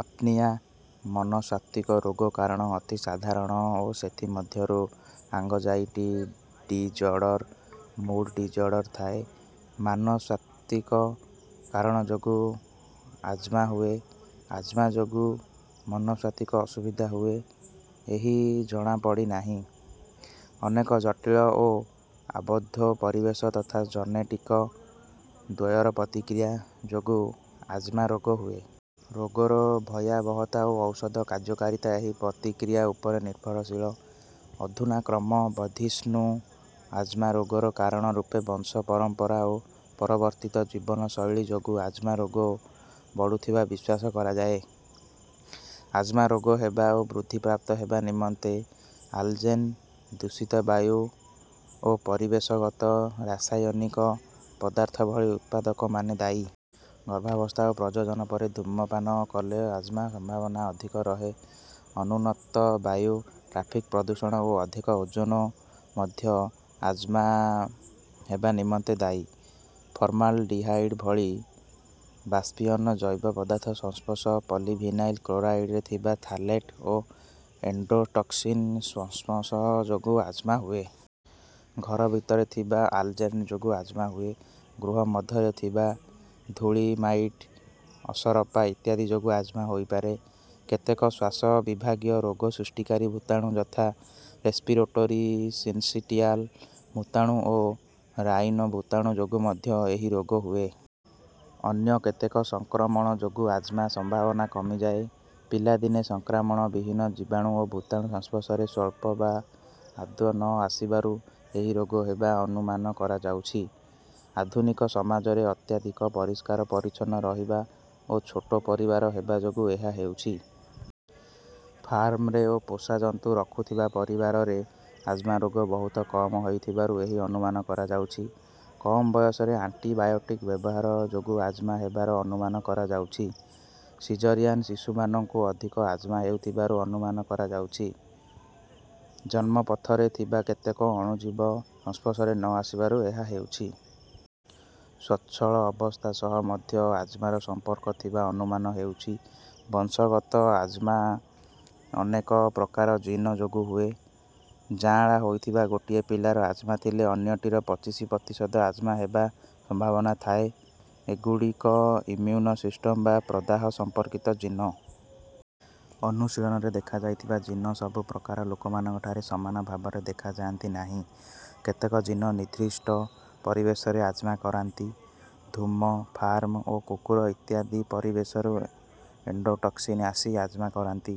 Apnoea. ମନସ୍ତାତ୍ୱିକ ରୋଗ କାରଣ ଅତି ସାଧାରଣ ଓ ସେଥି ମଧ୍ୟରୁ ଆଙ୍ଗଜାଇଟି ଡିଜ୍ଅର୍ଡର, ମୁଡ ଡିଜ୍ଅର୍ଡର ଥାଏ। ମନସ୍ତାତ୍ୱିକ କାରଣ ଯୋଗୁ ଆଜ୍ମା ହୁଏ ବା ଆଜ୍ମା ଯୋଗୁ ମନସ୍ତାତ୍ୱିକ ଅସୁବିଧା ହୁଏ, ଏହା ଜଣା ପଡ଼ିନାହିଁ। ଅନେକ ଜଟୀଳ ଓ ଅବୋଧ୍ୟ 'ପରିବେଶ ତଥା ଜେନେଟିକ ଦ୍ୱୟର ପ୍ରତିକ୍ରିୟା' ଯୋଗୁ ଆଜ୍ମା ରୋଗ ହୁଏ। ରୋଗର ଭୟାବହତା ଓ ଔଷଧ କାର୍ଯ୍ୟକାରୀତା ଏହି ପ୍ରତିକ୍ରିୟା ଉପରେ ନିର୍ଭରଶୀଳ। ଅଧୁନା କ୍ରମ ବର୍ଦ୍ଧିଷ୍ଣ୍ଣୁ ଆଜ୍ମା ରୋଗର କାରଣ ରୂପେ ବଂଶ ପରମ୍ପରା ଓ ପରିବର୍ତ୍ତୀତ ଜୀବନ ଶୈଳୀ ଯୋଗୁ ଆଜ୍ମା ରୋଗ ବଢୁଥିବା ବିଶ୍ୱାସ କରାଯାଏ। ଆଜ୍ମା ରୋଗ ହେବା ଓ ବୃଦ୍ଧି ପ୍ରାପ୍ତ ହେବା ନିମନ୍ତେ ଆଲର୍ଜେନ୍, ଦୂଷିତ ବାୟୁ ଓ ପରିବେଶଗତ ରାସାୟନିକ ପଦାର୍ଥ ଭଳି ଉର୍ପାଦକମାନ ଦାୟୀ। ଗର୍ଭାବସ୍ଥା ଓ ପ୍ରଜନନ ପରେ ଧୂମ୍ରପାନ କଲେ ଆଜ୍ମା ସମ୍ଭାବନା ଅଧିକ ରହେ। ଅନୁନ୍ନତ ବାୟୁ, ଟ୍ରାଫିକ ପ୍ରଦୂଷଣ ଓ ଅଧିକ ଓଜୋନ ମଧ୍ୟ ଆଜ୍ମା ହେବା ନିମନ୍ତେ ଦାୟୀ। ଫର୍ମାଲଡିହାଇଡ ଭଳି ବାଷ୍ପୀୟମାନ ଜୈବ ପଦାର୍ଥ ସଂସ୍ପର୍ଷ, ପଲିଭିନାଇଲ୍ କ୍ଲୋରାଇଡରେ ଥିବା ଥାଲେଟ ଓ ଏଣ୍ଡୋଟକ୍ସିନ ସଂସ୍ପର୍ଷ ଯୋଗୁ ଆଜ୍ମା ହୁଏ। ଘର ଭିତରେ ଥିବା ଆଲର୍ଜେନ ଯୋଗୁ ଆଜ୍ମା ହୁଏ ଗୃହ ମଧ୍ୟରେ ଥିବା ଧୂଳି ମାଇଟ୍, ଅସରପା ଇତ୍ୟାଦି ଯୋଗୁ ଆଜ୍ମା ହୋଇପାରେ। କେତେକ ଶ୍ୱାସ ବିଭାଗୀୟ ରୋଗ ସୃଷ୍ଟିକାରୀ ଭୁତାଣୁ ଯଥା ରେସ୍ପିରେଟୋରି ସିନ୍ସିଟିଆଲ୍ ଭୁତାଣୁ ଓ ରାଇନୋ ଭୁତାଣ ଯୋଗୁ ମଧ୍ୟ ଏହି ରୋଗ ହୁଏ। ଅନ୍ୟ କେତେକ ସଂକ୍ରମଣ ଯୋଗୁ ଆଜ୍ମା ସମ୍ଭାବନା କମିଯାଏ। ପିଲାଦିନେ ସଂକ୍ରମଣ ବିହୀନ ଜୀବାଣୁ ଓ ଭୁତାଣୁ ସଂସ୍ପର୍ଶରେ ସ୍ୱଳ୍ପ ବା ଆଦୌ ନ ଆସିବାରୁ ଏହି ରୋଗ ହେବା ଅନୁମାନ କରାଯାଉଛି। ଆଧୁନିକ ସମାଜରେ ଅତ୍ୟଧିକ ପରିଷ୍କାର ପରିଚ୍ଛନ୍ନ ରହିବା ଓ ଛୋଟ ପରିବାର ହେବା ଯୋଗୁ ଏହା ହେଉଛି। ଫାର୍ମରେ ଓ ପୋଷା ଜନ୍ତୁ ରଖୁଥିବା ପରିବାରରେ ଆଜ୍ମା ରୋଗ ବହୁତ କମ ହେଉଥିବାରୁ ଏହି ଅନୁମାନ କରାଯାଉଛି। କମ ବୟସରେ ଆଣ୍ଟିବାୟୋଟିକ ବ୍ୟବହାର ଯୋଗୁ ଆଜ୍ମା ହେବାର ଅନୁମାନ କରାଯାଉଛି। ସିଜରିଆନ ଶିଶୁମାନଙ୍କୁ ଅଧିକ ଆଜ୍ମା ହେଉଥିବାରୁ ଅନୁମାନ କରାଯାଉଛି। ଜନ୍ମ ପଥରେ ଥିବା କେତେକ ଅଣୁଜୀବ ସଂସ୍ପର୍ଷରେ ନ ଆସିବାରୁ ଏହା ହେଉଛି। ସ୍ୱଚ୍ଛଳ ଅବସ୍ଥା ସହ ମଧ୍ୟ ଆଜ୍ମାର ସଂମ୍ପର୍କ ଥିବା ଅନୁମାନ ହେଉଛି। ବଂଶଗତ ଆଜ୍ମା ଅନେକ ପ୍ରକାର ଜୀନ ଯୋଗୁ ହୁଏ। ଯାଆଁଳା ହୋଇଥିବା ଗୋଟିଏ ପିଲାର ଆଜ୍ମା ଥିଲେ ଅନ୍ୟଟିର ପଚିଶି ପ୍ରତିଶତ ଆଜ୍ମା ହେବା ସମ୍ଭାବନା ଥାଏ। ଏଗୁଡିକ ଇମ୍ମୁନ ସିସ୍ଟମ ବା ପ୍ରଦାହ ସମ୍ପର୍କିତ ଜୀନ। ଅନୁଶୀଳନରେ ଦେଖାଯାଇଥିବା ଜୀନ ସବୁ ପ୍ରକାର ଲୋକମାନଙ୍କଠାରେ ସମାନ ଭାବରେ ଦେଖାଯାଆନ୍ତି ନାହିଁ। କେତେକ ଜୀନ ନିର୍ଦ୍ଦିଷ୍ଟ ପରିବେଶରେ ଆଜ୍ମା କରାନ୍ତି। ଧୂମ, ଫାର୍ମ ଓ କୁକୁର ଇତ୍ୟାଦି ପରିବେଶରୁ ଏଣ୍ଡୋଟକ୍ସିନ ଆସି ଆଜ୍ମା କରାନ୍ତି।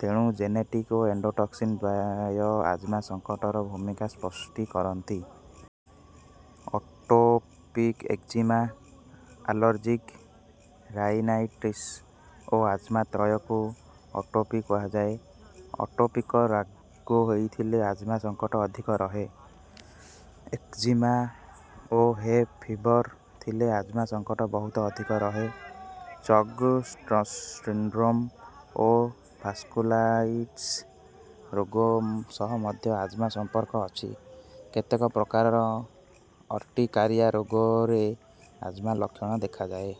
ତେଣୁ ଜେନେଟିକ ଓ ଏଣ୍ଡୋଟକ୍ସିନ ଦ୍ୱୟ ଆଜ୍ମା ସଙ୍କଟର ଭୁମିକା ସୃଷ୍ଟି କରନ୍ତି। ଆଟୋପିକ ଏକ୍ଜିମା, ଆଲର୍ଜିକ ରାଇନାଇଟିସ ଓ ଆଜ୍ମା ତ୍ରୟକୁ ଆଟୋପି କୁହାଯାଏ। ଆଟୋପିକ ରୋଗ ଥିଲେ ଆଜ୍ମା ସଙ୍କଟ ଅଧିକ ରହେ। ଏକଜିମା ଓ ହେ ଫିଭର ଥିଲେ ଆଜ୍ମା ସଙ୍କଟ ବହୁତ ଅଧିକ ରହେ। ଚଗ-ସ୍ଟ୍ରସସିଣ୍ଡ୍ରୋମ ଓ ଭାସ୍କୁଲାଇଟିସ ରୋଗ ସହ ମଧ୍ୟ ଆଜ୍ମା ସମ୍ପର୍କ ଅଛି। କେତେକ ପ୍ରକାରାର ଅର୍ଟିକାରିଆ ରୋଗରେ ଆଜ୍ମା ଲକ୍ଷଣ ଦେଖାଯାଏ।